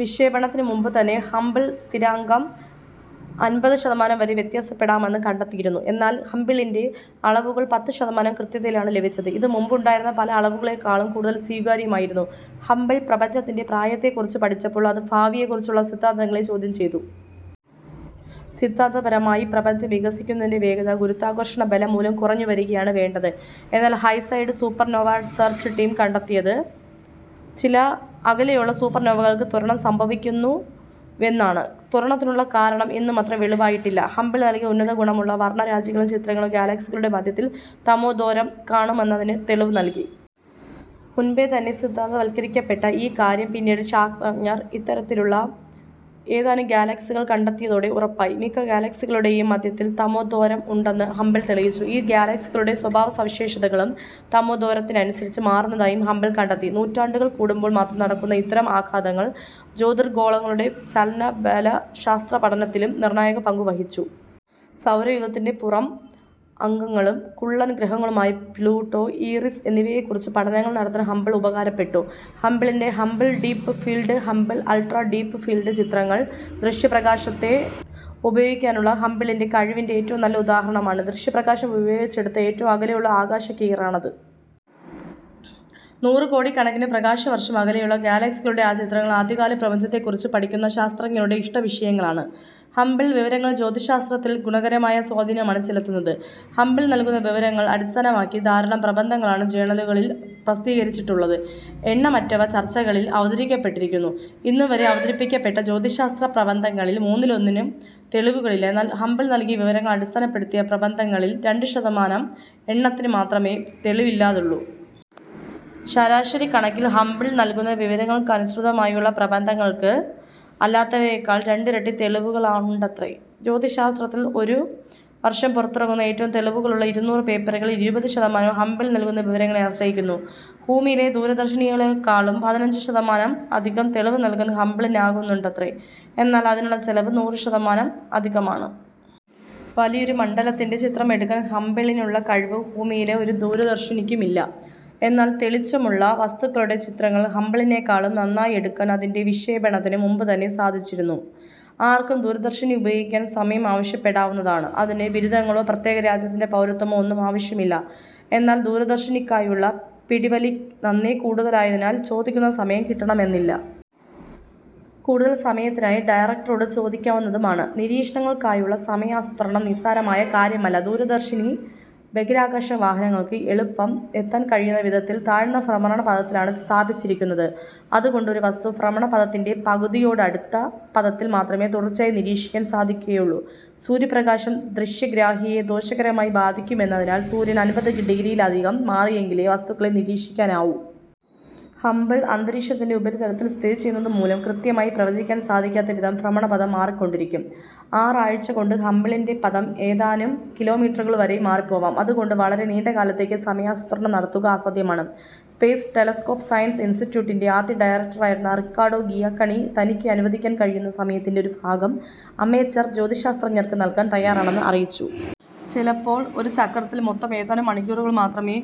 വിക്ഷേപണത്തിനു മുമ്പു തന്നെ ഹബിൾ സ്ഥിരാങ്കം അൻപത് ശതമാനം വരെ വ്യത്യാസപ്പെടാമെന്ന് കണ്ടെത്തിയിരുന്നു, എന്നാൽ ഹബിളിൻ്റെ അളവുകൾ പത്ത് ശതമാനം കൃത്യതയിലാണ് ലഭിച്ചത്. ഇത് മുമ്പുണ്ടായിരുന്ന പല അളവുകളെക്കാളും കൂടുതൽ സ്വീകാര്യമായിരുന്നു. ഹബിൾ പ്രപഞ്ചത്തിൻ്റെ പ്രായത്തെ കുറിച്ച് പഠിച്ചപ്പോൾ അത് ഭാവിയെ കുറിച്ചുള്ള സിദ്ധാന്തങ്ങളെ ചോദ്യം ചെയ്തു. സിദ്ധാന്തപരമായി പ്രപഞ്ചം വികസിക്കുന്നതിൻ്റെ വേഗത ഗുരുത്വാകർഷണ ബലം മൂലം കുറഞ്ഞു വരികയാണ് വേണ്ടത്. എന്നാൽ ഹൈ-സെഡ് സൂപ്പർനോവ സേർച്ച് ടീം കണ്ടെത്തിയത് ചില അകലെയുള്ള സൂപ്പർനോവകൾക്ക് ത്വരണം സംഭവിക്കുന്നുവെന്നാണ്. ത്വരണത്തിനുള്ള കാരണം ഇന്നും അത്ര വെളിവായിട്ടില്ല. ഹബിൾ നൽകിയ ഉന്നത ഗുണമുള്ള വർണ്ണരാജികളും ചിത്രങ്ങളും ഗാലക്സികളുടെ മധ്യത്തിൽ തമോദ്വാരം കാണുമെന്നതിന് തെളിവു നൽകി. മുൻപേ തന്നെ സിദ്ധാന്തവത്കരിക്കപ്പെട്ട ഈ കാര്യം പിന്നീട് ശാസ്ത്രജ്ഞർ ഇത്തരത്തിലുള്ള ഏതാനും ഗാലക്സികൾ കണ്ടെത്തിയതോടെ ഉറപ്പായി. മിക്ക ഗാലക്സികളുടേയും മദ്ധ്യത്തിൽ തമോദ്വാരം ഉണ്ടെന്ന് ഹബിൾ തെളിയിച്ചു. ഈ ഗാലക്സികളുടെ സ്വഭാവ സവിശേഷതകളും തമോദ്വാരത്തിനനുസരിച്ച് മാറുന്നതായും ഹബിൾ കണ്ടെത്തി. നൂറ്റാണ്ടുകൾ കൂടുമ്പോൾ മാത്രം നടക്കുന്ന ഇത്തരം ആഘാതങ്ങൾ ജ്യോതിർഗോളങ്ങളുടെ ചലനബലശാസ്ത്ര പഠനത്തിലും നിർണ്ണായക പങ്കു വഹിച്ചു. സൗരയൂഥത്തിൻ്റെ പുറം അംഗങ്ങളും കുള്ളൻ ഗ്രഹങ്ങളുമായ പ്ലൂട്ടോ, ഈറിസ് എന്നിവയെ കുറിച്ചും പഠനങ്ങൾ നടത്താൻ ഹബിൾ ഉപകാരപ്പെട്ടു. ഹബിളിൻ്റെ Hubble deep field, Hubble ultra deep field ചിത്രങ്ങൾ, ദൃശ്യപ്രകാശത്തെ ഉപയോഗിക്കാനുള്ള ഹബിളിൻ്റെ കഴിവിൻ്റെ ഏറ്റവും നല്ല ഉദാഹരണമാണ്. ദൃശ്യപ്രകാശം ഉപയോഗിച്ചെടുത്ത ഏറ്റവും അകലെയുള്ള ആകാശക്കീറാണത്. നൂറുകോടിക്കണക്കിന് പ്രകാശവർഷം അകലെയുള്ള ഗാലക്സികളുടെ ആ ചിത്രങ്ങൾ ആദ്യകാല പ്രപഞ്ചത്തെക്കുറിച്ച് പഠിക്കുന്ന ശാസ്ത്രജ്ഞരുടെ ഇഷ്ടവിഷയങ്ങളാണ്. ഹബിൾ വിവരങ്ങൾ ജ്യോതിശാസ്ത്രത്തിൽ ഗുണകരമായ സ്വാധീനമാണ് ചെലുത്തുന്നത്. ഹബിൾ നൽകുന്ന വിവരങ്ങൾ അടിസ്ഥാനമാക്കി ധാരാളം പ്രബന്ധങ്ങളാണ് ജേണലുകളിൽ പ്രസിദ്ധീകരിച്ചിട്ടുള്ളത്, എണ്ണമറ്റവ ചർച്ചകളിൽ അവതരിപ്പിക്കപ്പെട്ടിരിക്കുന്നു. ഇന്നുവരെ അവതരിപ്പിക്കപ്പെട്ട ജ്യോതിശാസ്ത്രപ്രബന്ധങ്ങളിൽ മൂന്നിലൊന്നിനും തെളിവുകളില്ല, എന്നാൽ ഹബിൾ നൽകിയ വിവരങ്ങൾ അടിസ്ഥാനപ്പെടുത്തിയ പ്രബന്ധങ്ങളിൽ രണ്ട് ശതമാനം എണ്ണത്തിന് മാത്രമേ തെളിവില്ലാതുള്ളൂ. ശരാശരിക്കണക്കിൽ ഹബിൾ നൽകുന്ന വിവരങ്ങൾക്കനുസൃതമായുള്ള പ്രബന്ധങ്ങൾക്ക് അല്ലാത്തവയേക്കാൾ രണ്ടിരട്ടി തെളിവുകളുണ്ടത്രേ. ജ്യോതിശാസ്ത്രത്തിൽ ഒരു വർഷം പുറത്തിറങ്ങുന്ന ഏറ്റവും തെളിവുകളുള്ള ഇരുനൂറ് പേപ്പറുകളിൽ ഇരുപത് ശതമാനവും ഹബിൾ നൽകുന്ന വിവരങ്ങളെ ആശ്രയിക്കുന്നു. ഭൂമിയിലെ ദൂരദർശിനികളേക്കാളും പതിനഞ്ച് ശതമാനം അധികം തെളിവ് നൽകാൻ ഹബിളിനാകുന്നുണ്ടത്രേ, എന്നാൽ അതിനുള്ള ചെലവ് നൂറ് ശതമാനം അധികമാണ്. വലിയൊരു മണ്ഡലത്തിൻ്റെ ചിത്രം എടുക്കാൻ ഹബിളിനുള്ള കഴിവ് ഭൂമിയിലെ ഒരു ദൂരദർശിനിക്കുമില്ല. എന്നാൽ തെളിച്ചമുള്ള വസ്തുക്കളുടെ ചിത്രങ്ങൾ ഹബിളിനേക്കാളും നന്നായെടുക്കാൻ അതിൻ്റെ വിക്ഷേപണത്തിനു മുമ്പുതന്നെ സാധിച്ചിരുന്നു. ആർക്കും ദൂരദർശിനി ഉപയോഗിക്കാൻ സമയം ആവശ്യപ്പെടാവുന്നതാണ്, അതിന് ബിരുദങ്ങളോ, പ്രത്യേക രാജ്യത്തിൻ്റെ പൗരത്വമോ ഒന്നും ആവശ്യമില്ല. എന്നാൽ ദൂരദർശിനിക്കായുള്ള പിടിവലി നന്നേ കൂടുതലായതിനാൽ ചോദിക്കുന്ന സമയം കിട്ടണമെന്നില്ല. കൂടുതൽ സമയത്തിനായി ഡയറക്ടറോട് ചോദിക്കാവുന്നതുമാണ്. നിരീക്ഷണങ്ങൾക്കായുള്ള സമയാസൂത്രണം നിസ്സാരമായ കാര്യമല്ല, ദൂരദർശിനി ബഹിരാകാശ വാഹനങ്ങൾക്ക് എളുപ്പം എത്താൻ കഴിയുന്ന വിധത്തിൽ താഴ്ന്ന ഭ്രമണപഥത്തിലാണ് സ്ഥാപിച്ചിരിക്കുന്നത്. അതുകൊണ്ട് ഒരു വസ്തു ഭ്രമണപഥത്തിൻ്റെ പകുതിയോടടുത്ത പഥത്തിൽ മാത്രമേ തുടർച്ചയായി നിരീക്ഷിക്കാൻ സാധിക്കുകയുള്ളൂ. സൂര്യപ്രകാശം ദൃശ്യഗ്രാഹിയെ ദോഷകരമായി ബാധിക്കുമെന്നതിനാൽ സൂര്യൻ അൻപത് ഡിഗ്രിയിലധികം മാറിയാണെങ്കിലേ വസ്തുക്കളെ നിരീക്ഷിക്കാനാവൂ. ഹബിൾ അന്തരീക്ഷത്തിൻ്റെ ഉപരിതലത്തിൽ സ്ഥിതി ചെയ്യുന്നതു മൂലം കൃത്യമായി പ്രവചിക്കാൻ സാധിക്കാത്ത വിധം ഭ്രമണപഥം മാറിക്കൊണ്ടിരിക്കും. ആറാഴ്ചകൊണ്ട് ഹബിളിൻ്റെ പഥം ഏതാനും കിലോമീറ്ററുകൾ വരെ മാറിപ്പോവാം, അതുകൊണ്ട് വളരെ നീണ്ടകാലത്തേക്ക് സമയാസൂത്രണം നടത്തുക അസാധ്യമാണ്. സ്പേസ് ടെലസ്കോപ് സയൻസ് ഇൻസ്റ്റിറ്റ്യൂട്ടിൻ്റെ ആദ്യ ഡയറക്ടറായിരുന്ന റിക്കാഡോ ഗിയക്കണി തനിക്ക് അനുവദിക്കാൻ കഴിയുന്ന സമയത്തിൻ്റെ ഒരു ഭാഗം അമേച്ചർ ജ്യോതിശാസ്ത്രജ്ഞർക്ക് നൽകാൻ തയ്യാറാണെന്ന് അറിയിച്ചു. ചിലപ്പോൾ ഒരു ചക്രത്തിൽ മൊത്തം ഏതാനും മണിക്കൂറുകൾ മാത്രമേ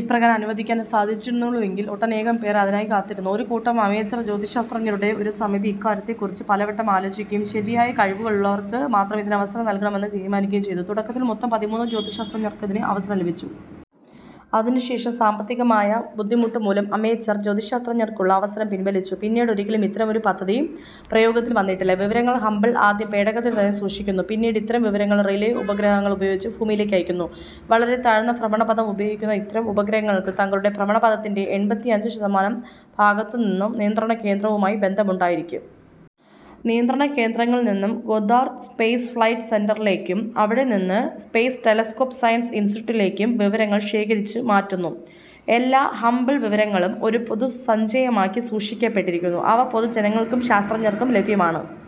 ഇപ്രകാരം അനുവദിക്കാൻ സാധിച്ചിരുന്നുള്ളൂവെങ്കിലും ഒട്ടനേകംപേർ അതിനായി കാത്തിരുന്നു. ഒരു കൂട്ടം അമേച്ചർ ജ്യോതിശാസ്ത്രജ്ഞരുടെ ഒരു സമിതി ഇക്കാര്യത്തെ കുറിച്ച് പലവട്ടം ആലോചിക്കുകയും ശരിയായ കഴിവുള്ളവർക്ക് മാത്രം ഇതിനവസരം നൽകണമെന്ന് തീരുമാനിക്കുകയും ചെയ്തു. തുടക്കത്തിൽ മൊത്തം പതിമൂന്ന് ജ്യോതിശാസ്ത്രജ്ഞർക്കിതിന് അവസരം ലഭിച്ചു. അതിനുശേഷം സാമ്പത്തികമായ ബുദ്ധിമുട്ടുമൂലം അമേച്ചർ ജ്യോതിശാസ്ത്രജ്ഞർക്കുള്ള അവസരം പിൻവലിച്ചു, പിന്നീടൊരിക്കലും ഇത്തരമൊരു പദ്ധതി പ്രയോഗത്തിൽ വന്നിട്ടില്ല. വിവരങ്ങൾ ഹബിൾ ആദ്യം പേടകത്തിൽ തന്നെ സൂക്ഷിക്കുന്നു. പിന്നീട് ഇത്തരം വിവരങ്ങൾ റിലേ ഉപഗ്രഹങ്ങൾ ഉപയോഗിച്ച് ഭൂമിയിലേക്കയക്കുന്നു. വളരെ താഴ്ന്ന ഭ്രമണപഥം ഉപയോഗിക്കുന്ന ഇത്തരം ഉപഗ്രഹങ്ങൾക്ക് തങ്ങളുടെ ഭ്രമണപഥത്തിൻ്റെ എൺപത്തിയഞ്ച് ശതമാനം ഭാഗത്തു നിന്നും നിയന്ത്രണകേന്ദ്രവുമായി ബന്ധമുണ്ടായിരിക്കും. നിയന്ത്രണകേന്ദ്രങ്ങളിൽ നിന്ന് ഗോദ്ദാർദ് സ്പേസ് ഫ്ലൈറ്റ് സെന്ററിലേക്കും അവിടേനിന്ന് സ്പേസ് ടെലസ്കോപ് സയൻസ് ഇൻസ്റ്റിറ്റ്യൂട്ടിലേക്കും വിവരങ്ങൾ ശേഖരിച്ച് മാറ്റുന്നു. എല്ലാ ഹബിൾ വിവരങ്ങളും ഒരു പൊതുസഞ്ചയമാക്കി സൂക്ഷിക്കപ്പെട്ടിരിക്കുന്നു, അവ പൊതുജനങ്ങൾക്കും ശാസ്ത്രജ്ഞർക്കും ലഭ്യമാണ്.